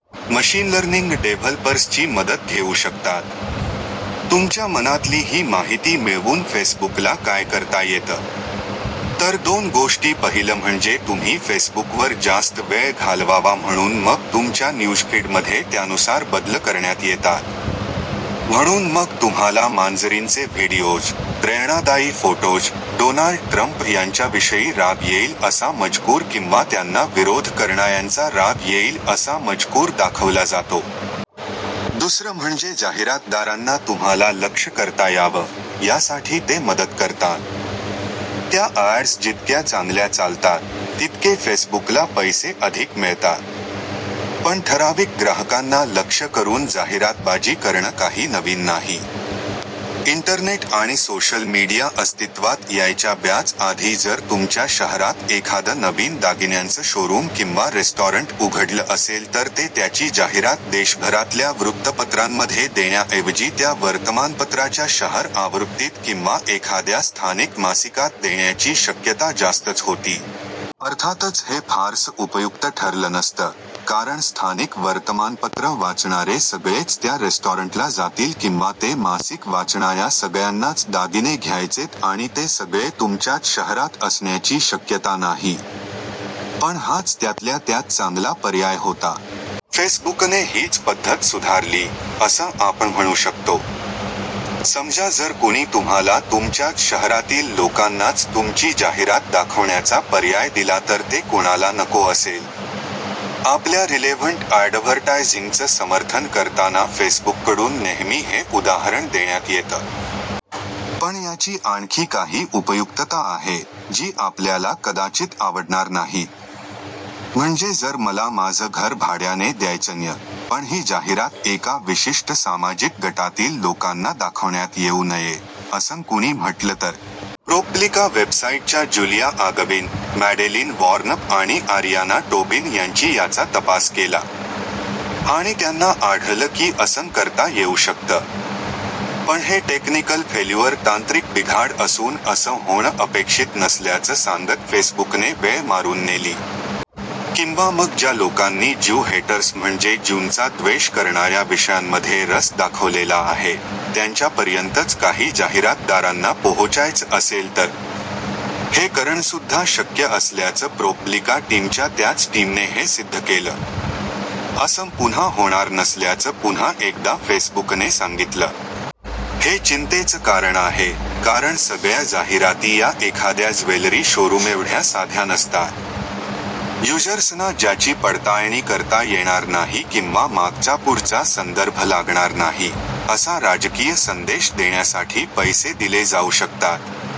Machine learning डेव्हलपर्सची मदत घेऊ शकतात. तुमच्या मनातली ही माहिती मिळवून फेसबुकला काय करता येतं? तर दोन गोष्टी पहिलं म्हणजे तुम्ही फेसबुकवर जास्त वेळ घालवावा म्हणून मग तुमच्या न्यूजफीडमध्ये त्यानुसार बदल करण्यात येतात. म्हणून मग तुम्हाला मांजरींचे व्हिडिओज, प्रेरणादायी फोटोज, डोनाल्ड ट्रंप यांच्याविषयी राग येईल असा मजकूर किंवा त्यांना विरोध करणाऱ्यांचा राग येईल असा मजकूर दाखवला जातो. दुसरं म्हणजे जाहिरातदारांना तुम्हाला लक्ष करता यावं, यासाठी ते मदत करतात. त्या अॅड्स जितक्या चांगल्या चालतात, तितके फेसबुकला पैसे अधिक मिळतात. पण ठराविक ग्राहकांना लक्ष्य करून जाहिरातबाजी करणं काही नवीन नाही. इंटरनेट आणि सोशल मीडिया अस्तित्त्वात यायच्या बऱ्याच आधी जर तुमच्या शहरात एखादं नवीन दागिन्यांचं शोरूम किंवा रेस्टॉरंट उघडलं असेल तर ते त्याची जाहिरात देशभरातल्या वृत्तपत्रांमध्ये देण्याऐवजी त्या वर्तमानपत्राच्या शहर आवृत्तीत किंवा एखाद्या स्थानिक मासिकात देण्याची शक्यता जास्तच होती. अर्थातच हे फारसं उपयुक्त ठरलं नसतं, कारण स्थानिक वर्तमानपत्रं वाचणारे सगळेच त्या रेस्टॉरंटला जातील किंवा ते मासिक वाचणाऱ्या सगळ्यांनाच दागिने घ्यायचेत आणि ते सगळे तुमच्याच शहरात असण्याची शक्यता नाही. पण हाच त्यातल्या त्यात चांगला पर्याय होता. फेसबुकने हीच पद्धत सुधारली, असं आपण म्हणू शकतो. समजा जर कुणी तुम्हाला तुमच्याच शहरातील लोकांनाच तुमची जाहिरात दाखवण्याचा पर्याय दिला तर ते कुणाला नको असेल? आपल्या 'रिलेव्हंट अॅडव्हर्टायझिंग'चं समर्थन करताना फेसबुककडून नेहमी हे उदाहरण देण्यात येतं. पण याची आणखी काही उपयुक्तता आहे, जी आपल्याला कदाचित आवडणार नाहीत. म्हणजे जर मला माझं घर भाड्याने द्यायचंय, पण ही जाहिरात एका विशिष्ट सामाजिक गटातील लोकांना दाखवण्यात येऊ नये, असं कुणी म्हटलं तर? प्रो-पब्लिका वेबसाईटच्या ज्युलिया आँगविन, मॅडेलीन वॉर्नप आणि आरियाना टोबिन यांची याचा तपास केला. आणि त्यांना आढळलं की असं करता येऊ शकतं. पण हे 'टेक्निकल फेल्युअर' तांत्रिक बिघाड असून असं होणं अपेक्षित नसल्याचं सांगत फेसबुकने वेळ मारून नेली. किंवा मग ज्या लोकांनी 'ज्यू हेटर्स' म्हणजे ज्यूंचा द्वेष करणाऱ्या विषयांमध्ये रस दाखवलेला आहे, त्यांच्यापर्यंतच काही जाहिरातदारांना पोहोचायचं असेल तर? हे करणंसुद्धा शक्य असल्याचं प्रो-पब्लिका टीमच्या त्याच टीमने हे सिद्ध केलं. असं पुन्हा होणार नसल्याचं पुन्हा एकदा फेसबुकने सांगितलं. हे चिंतेचं कारण आहे, कारण सगळ्या जाहिराती या एखाद्या ज्वेलरी शोरूमएवढ्या साध्या नसतात. युजर्सना ज्याची पडताळणी करता येणार नाही किंवा मागचापुढचा संदर्भ लागणार नाही, असा राजकीय संदेश देण्यासाठी पैसे दिले जाऊ शकतात.